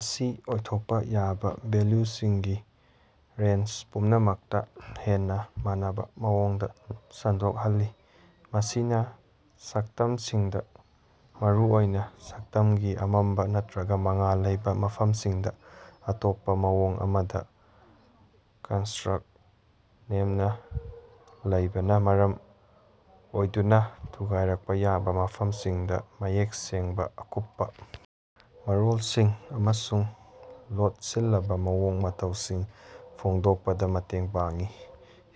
ꯑꯁꯤ ꯑꯣꯏꯊꯣꯛꯄ ꯌꯥꯕ ꯚꯦꯜꯌꯨꯁꯤꯡꯒꯤ ꯔꯦꯟꯖ ꯄꯨꯝꯅꯃꯛꯇ ꯍꯦꯟꯅ ꯃꯥꯟꯅꯕ ꯃꯑꯣꯡꯗ ꯁꯟꯗꯣꯛꯍꯜꯂꯤ꯫ ꯃꯁꯤꯅ ꯁꯛꯇꯝꯁꯤꯡꯗ ꯃꯔꯨꯑꯣꯏꯅ ꯁꯛꯇꯝꯒꯤ ꯑꯃꯝꯕ ꯅꯠꯇ꯭ꯔꯒ ꯃꯉꯥꯜ ꯂꯩꯕꯥ ꯃꯐꯝꯁꯤꯡꯗꯥ ꯑꯇꯣꯞꯄ ꯃꯑꯣꯡ ꯑꯃꯗ ꯀꯟꯠꯔꯁ꯭ꯠ ꯅꯦꯝꯅ ꯂꯩꯕꯅ ꯃꯔꯝ ꯑꯣꯏꯗꯨꯅ ꯊꯨꯒꯥꯏꯔꯛꯄ ꯌꯥꯕ ꯃꯐꯝꯁꯤꯡꯗ ꯃꯌꯦꯛ ꯁꯦꯡꯕ ꯑꯀꯨꯞꯄ ꯃꯔꯣꯜꯁꯤꯡ ꯑꯃꯁꯨꯡ ꯂꯣꯠꯁꯤꯜꯂꯕ ꯃꯑꯣꯡ ꯃꯇꯧꯁꯤꯡ ꯐꯣꯡꯗꯣꯛꯄꯗ ꯃꯇꯦꯡ ꯄꯥꯡꯏ꯫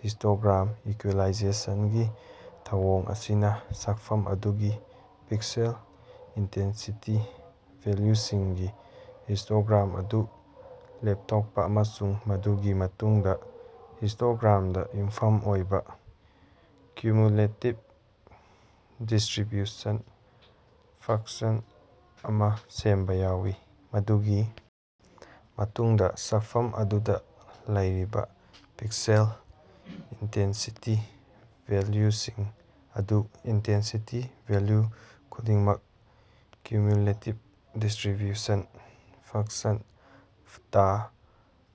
ꯍꯤꯁꯇꯣꯒ꯭ꯔꯥꯝ ꯏꯀꯨꯏꯂꯥꯏꯖꯦꯁꯟꯒꯤ ꯊꯧꯑꯣꯡ ꯑꯁꯤꯅ ꯁꯛꯐꯝ ꯑꯗꯨꯒꯤ ꯄꯤꯛꯁꯦꯜ ꯏꯟꯇꯦꯟꯁꯤꯇꯤ ꯚꯦꯜꯌꯨꯁꯤꯡꯒꯤ ꯍꯤꯁꯇꯣꯒ꯭ꯔꯥꯝ ꯑꯗꯨ ꯂꯦꯞꯊꯣꯛꯄ ꯑꯃꯁꯨꯡ ꯃꯗꯨꯒꯤ ꯃꯇꯨꯡꯗ ꯍꯤꯁꯇꯣꯒ꯭ꯔꯥꯝꯗ ꯌꯨꯝꯐꯝ ꯑꯣꯏꯕ ꯀ꯭ꯌꯨꯃꯨꯂꯦꯇꯤꯕ ꯗꯤꯁꯇ꯭ꯔꯤꯕ꯭ꯌꯨꯁꯟ ꯐꯡꯀꯁꯟ ꯑꯃ ꯁꯦꯝꯕ ꯌꯥꯎꯏ꯫ ꯃꯗꯨꯒꯤ ꯃꯇꯨꯡꯗ ꯁꯛꯐꯝ ꯑꯗꯨꯗ ꯂꯩꯔꯤꯕ ꯄꯤꯛꯁꯦꯜ ꯏꯟꯇꯦꯟꯁꯤꯇꯤ ꯚꯦꯜꯌꯨꯁꯤꯡ ꯑꯗꯨ ꯏꯟꯇꯦꯟꯁꯤꯇꯤ ꯚꯦꯜꯌꯨ ꯈꯨꯗꯤꯡꯃꯛ ꯀ꯭ꯌꯨꯃꯨꯂꯦꯇꯤꯕ ꯗꯤꯁꯇ꯭ꯔꯤꯕ꯭ꯌꯨꯁꯟ ꯐꯡꯀꯁꯟ ꯇꯥ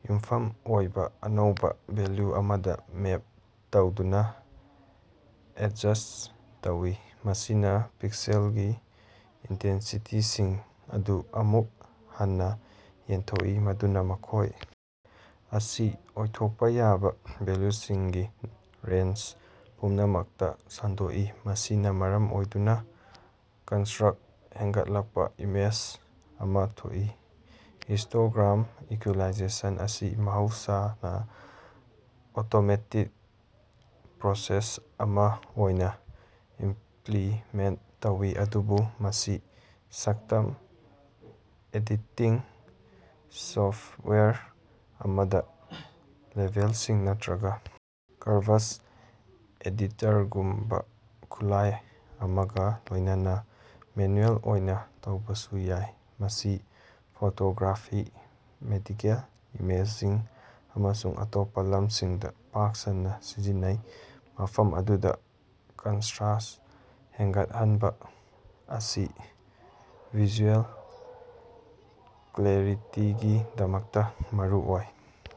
ꯌꯨꯝꯐꯝ ꯑꯣꯏꯕ ꯑꯅꯧꯕ ꯚꯦꯜꯌꯨ ꯑꯃꯗ ꯃꯦꯞ ꯇꯧꯗꯨꯅꯥ ꯑꯦꯗꯖꯁ꯭ꯠ ꯇꯧꯏ꯫ ꯃꯁꯤꯅ ꯄꯤꯛꯁꯦꯜꯒꯤ ꯏꯟꯇꯦꯟꯁꯤꯇꯤꯁꯤꯡ ꯑꯗꯨ ꯑꯃꯨꯛ ꯍꯟꯅ ꯌꯦꯟꯊꯣꯛꯏ ꯃꯗꯨꯅ ꯃꯈꯣꯢ ꯑꯁꯤ ꯑꯣꯏꯊꯣꯛꯄ ꯌꯥꯕ ꯚꯦꯜꯌꯨꯁꯤꯡꯒꯤ ꯔꯦꯟꯖ ꯄꯨꯝꯅꯃꯛꯇ ꯁꯟꯗꯣꯛꯏ, ꯃꯁꯤꯅ ꯃꯔꯝ ꯑꯣꯏꯗꯨꯅ ꯀꯟꯇꯔꯁ꯭ꯠ ꯍꯦꯟꯒꯠꯂꯛꯄ ꯏꯃꯦꯖ ꯑꯃ ꯊꯣꯛꯏ꯫ ꯍꯤꯁ꯭ꯇꯣꯒ꯭ꯔꯥꯝ ꯏꯀꯨꯏꯂꯥꯏꯖꯦꯁꯟ ꯑꯁꯤ ꯃꯍꯧꯁꯥꯅ ꯑꯣꯇꯣꯃꯦꯇꯤꯛ ꯄ꯭ꯔꯣꯁꯦꯁ ꯑꯃ ꯑꯣꯏꯅ ꯏꯝꯄ꯭ꯂꯤꯃꯦꯟꯇ ꯇꯧꯏ ꯑꯗꯨꯕꯨ ꯃꯁꯤ ꯁꯛꯇꯝ ꯑꯦꯗꯤꯇꯤꯡ ꯁꯣꯐ꯭ꯇꯋꯥꯌꯔ ꯑꯃꯗ ꯂꯦꯚꯦꯜꯁꯤꯡ ꯅꯠꯇ꯭ꯔꯒ ꯀꯔꯚꯁ ꯑꯦꯗꯤꯇꯔꯒꯨꯝꯕ ꯈꯨꯠꯂꯥꯢ ꯑꯃꯒ ꯂꯣꯢꯅꯅꯥ ꯃꯦꯅꯨꯑꯦꯜ ꯑꯣꯏꯅ ꯇꯧꯕꯁꯨ ꯌꯥꯏ꯫ ꯃꯁꯤ ꯐꯣꯇꯣꯒ꯭ꯔꯥꯐꯤ ꯃꯦꯗꯤꯀꯦꯜ ꯏꯃꯦꯖꯤꯡ ꯑꯃꯁꯨꯡ ꯑꯇꯣꯞꯄ ꯂꯝꯁꯤꯡꯗ ꯄꯥꯛ ꯁꯟꯅ ꯁꯤꯖꯤꯟꯅꯩ ꯃꯐꯝ ꯑꯗꯨꯗ ꯀꯟꯇ꯭ꯔꯥꯁ ꯍꯦꯟꯒꯠꯍꯟꯕ ꯑꯁꯤ ꯚꯤꯖꯨꯑꯦꯜ ꯀ꯭ꯂꯦꯔꯤꯇꯤꯒꯤꯗꯃꯛꯇ ꯃꯔꯨ ꯑꯣꯏ꯫